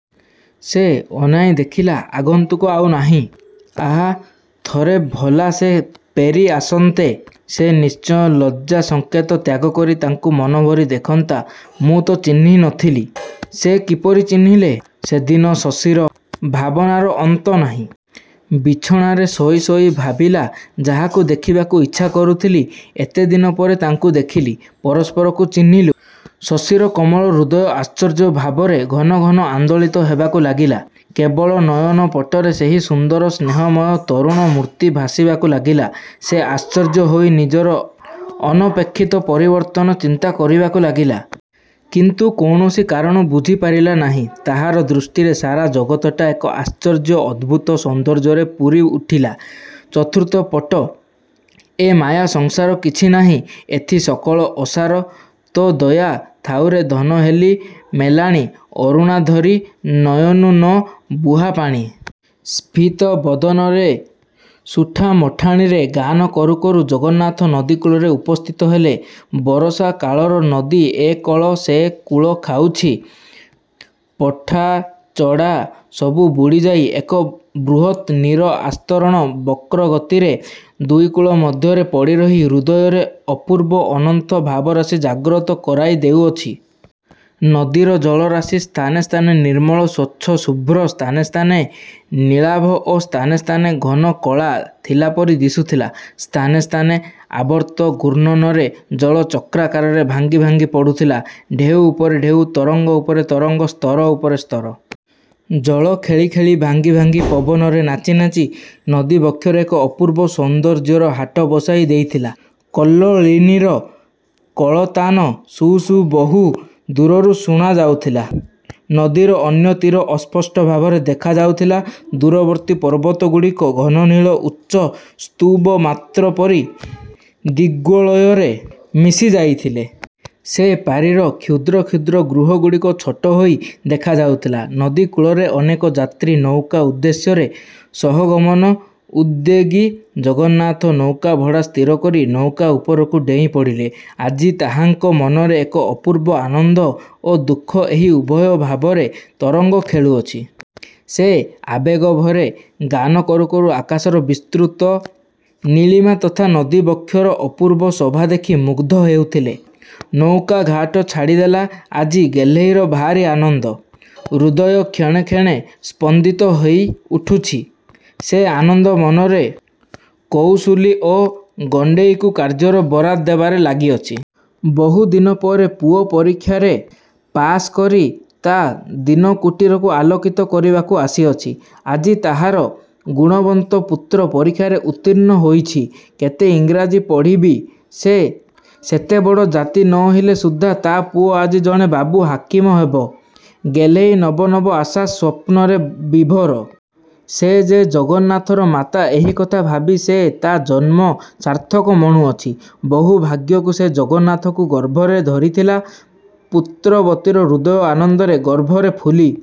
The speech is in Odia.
ସେ ଅନାଇ ଦେଖିଲା ଆଗନ୍ତୁକ ଆଉ ନାହିଁ। ଆହା, ଥରେ ଭଲା ସେ ପେରି ଆସନ୍ତେ। ସେ ନିଶ୍ଚୟ ଲଜ୍ଜା ସଂକେଚ ତ୍ୟାଗକରି ତାଙ୍କୁ ମନଭରି ଦେଖନ୍ତା। ମୁଁ ତ ଚିହ୍ନି ନଥିଲି। ସେ କିପରି ଚିହ୍ନିଲେ? " ସେଦିନ ଶଶୀର ଭାବନାର ଅନ୍ତ ନାହିଁ। ବିଛଣାରେ ଶୋଇ ଶୋଇ ଭାବିଲା ଯାହାକୁ ଦେଖିବାକୁ ଇଚ୍ଛା କରୁଥିଲି ଏତେଦିନପରେ ତାଙ୍କୁ ଦେଖିଲି। ପରସ୍ପରକୁ ଚିହ୍ନିଲୁ। ଶଶୀର କୋମଳ ହୃଦୟ ଆଶ୍ଚର୍ଯ୍ୟ ଭାବରେ ଘନଘନ ଆନ୍ଦୋଳିତ ହେବାକୁ ଲାଗିଲା। କେବଳ ନୟନପଟରେ ସେହି ସୁନ୍ଦର ସ୍ନେହମୟ ତରୁଣ ମୂର୍ତ୍ତି ଭାସିବାକୁ ଲାଗିଲା। ସେ ଆଶ୍ଚର୍ଯ୍ୟ ହୋଇ ନିଜର ଅନପେକ୍ଷିତ ପରିବର୍ତ୍ତନ ଚିନ୍ତା କରିବାକୁ ଲାଗିଲା। କିନ୍ତୁ କୌଣସି କାରଣ ବୁଝି ପାରିଲାନାହିଁ। ତାହାର ଦୃଷ୍ଟିରେ ସାରା ଜଗତଟା ଏକ ଆଶ୍ଚର୍ଯ୍ୟ ଅଦ୍ଭୁତ ସୌନ୍ଦର୍ଯ୍ୟରେ ପୂରି ଉଠିଲା। ଚତୁର୍ଥ ପଟ "ଏ ମାୟା ସଂସାର କିଛି ନାହିଁ ଏଥି ସକଳ ଅସାର" "ତୋ ଦୟା ଥାଉରେ ଧନ ହେଲି ମେଲାଣି ଅରୁଣାଧରୀ ନୟନୁ ନ ବୁହା ପାଣି। " ସ୍ଫୀତ ବଦନରେ ସୁଠାମଠାଣିରେ ଗାନ କରୁ କରୁ ଜଗନ୍ନାଥ ନଦୀକୂଳରେ ଉପସ୍ଥିତ ହେଲେ। ବରଷା କାଳର ନଦୀ ଏ କଳ ସେ କୂଳ ଖାଉଛି। ପଠା ଚଡ଼ା ସବୁ ବୁଡ଼ିଯାଇ ଏକ ବୃହତ୍ ନୀର ଆସ୍ତରଣ ବକ୍ରଗତିରେ ଦୁଇକୂଳ ମଧ୍ୟରେ ପଡ଼ିରହି ହୃଦୟରେ ଅପୂର୍ବ ଅନନ୍ତ ଭାବରାଶି ଜାଗ୍ରତ କରାଇ ଦେଉଅଛି। ନଦୀର ଜଳରାଶି ସ୍ଥାନେ ସ୍ଥାନେ ନିର୍ମଳ ସ୍ୱଚ୍ଛ ଶୁଭ୍ର, ସ୍ଥାନେ ସ୍ଥାନେ ନୀଳାଭ ଓ ସ୍ଥାନେ ସ୍ଥାନେ ଘନ କଳା ଥିଲାପରି ଦିଶୁଥିଲା। ସ୍ଥାନେ ସ୍ଥାନେ ଆବର୍ତ୍ତ ଘୂର୍ଣ୍ଣନରେ ଜଳ ଚକ୍ରାକାରରେ ଭାଙ୍ଗି ଭାଙ୍ଗି ପଡ଼ୁଥିଲା। ଢେଉ ଉପରେ ଢେଉ, ତରଙ୍ଗ ଉପରେ ତରଙ୍ଗ, ସ୍ତର ଉପରେ ସ୍ତର। ଜଳ ଖେଳିଖେଳି ଭାଙ୍ଗି ଭାଙ୍ଗି ପବନରେ ନାଚି ନାଚି ନଦୀବକ୍ଷରେ ଏକ ଅପୂର୍ବ ସୌନ୍ଦର୍ଯ୍ୟର ହାଟ ବସାଇ ଦେଇଥିଲା। କଲ୍ଲୋଳିନୀର କଳତାନ, ସୁ' ସୁ' ବହୁ ଦୂରରୁ ଶୁଣାଯାଉଥିଲା। ନଦୀର ଅନ୍ୟ ତୀର ଅସ୍ପଷ୍ଟ ଭାବରେ ଦେଖା ଯାଉଥିଲା। ଦୂରବର୍ତ୍ତୀ ପର୍ବତଗୁଡ଼ିକ ଘନନୀଳ ଉଚ୍ଚ ସ୍ତୂବ ମାତ୍ର ପରି ଦିଗ୍ବଳୟରେ ମିଶି ଯାଇଥିଲେ। ସେ ପାରିର କ୍ଷୁଦ୍ର କ୍ଷୁଦ୍ର ଗୃହଗୁଡ଼ିକ ଛୋଟ ହୋଇ ଦେଖାଯାଉଥିଲା। ନଦୀକୂଳରେ ଅନେକ ଯାତ୍ରୀ ନୌକା ଉଦ୍ଦେଶ୍ୟରେ ସହଗମନ ଉଦ୍ବେଗୀ। ଜଗନ୍ନାଥ ନୌକାଭଡ଼ା ସ୍ଥିରକରି ନୌକାଉପରକୁ ଡେଇଁ ପଡ଼ିଲେ। ଆଜି ତାହାଙ୍କ ମନରେ ଏକ ଅପୂର୍ବ ଆନନ୍ଦ ଓ ଦୁଃଖ ଏହି ଉଭୟ ଭାବରେ ତରଙ୍ଗ ଖେଳୁଅଛି। ସେ ଆବେଗଭରେ ଗାନ କରୁ କରୁ ଆକାଶର ବିସ୍ତୁତ ନୀଳିମା ତଥା ନଦୀବକ୍ଷର ଅପୂର୍ବ ଶୋଭା ଦେଖି ମୁଗ୍ଧ ହେଉଥିଲେ। ନୌକା ଘାଟ ଛାଡ଼ିଦେଲା। ଆଜି ଗେହ୍ଳେଇର ଭାରି ଆନନ୍ଦ। ହୃଦୟ କ୍ଷଣେ କ୍ଷଣେ ସ୍ପନ୍ଦିତ ହୋଇ ଉଠୁଛି। ସେ ଆନନ୍ଦ ମନରେ କଉଶୁଲୀ ଓ ଗଣ୍ତେଇକୁ କାର୍ଯ୍ୟର ବରାଦ୍ ଦେବାରେ ଲାଗିଅଛି। ବହୁଦିନପରେ ପୁଅ ପରୀକ୍ଷାରେ ପାଶ୍କରି ତା' ଦୀନକୁଟୀରକୁ ଆଲୋକିତ କରିବାକୁ ଆସିଅଛି। ଆଜି ତାହାର ଗୁଣବନ୍ତ, ପୁତ୍ର ପରୀକ୍ଷାରେ ଉତ୍ତୀର୍ଣ୍ଣ ହୋଇଛି, କେତେ ଇଂରାଜୀ ପଢ଼ିବି। ସେ ସେତେବଡ଼ ଜାତି ନୋହିଲେ ସୁଦ୍ଧା ତା' ପୁଅ ଆଜି ଜଣେ ବାବୁ! ହାକିମ ହେବ। ଗେହ୍ଳେଇ ନବନବ ଆଶା ସ୍ୱପ୍ନରେ ବିଭୋର। ସେ ଯେ ଜଗନ୍ନାଥର ମାତା ଏହିକଥା ଭାବି ସେ ତା ଜନ୍ମ ସାର୍ଥକ ମଣୁଅଛି। ବହୁ ଭାଗ୍ୟକୁ ସେ ଜଗନ୍ନାଥକୁ ଗର୍ଭରେ ଧରିଥିଲା। ପୁତ୍ରବତୀର ହୃଦୟ ଆନନ୍ଦରେ, ଗର୍ବରେ ଫୁଲି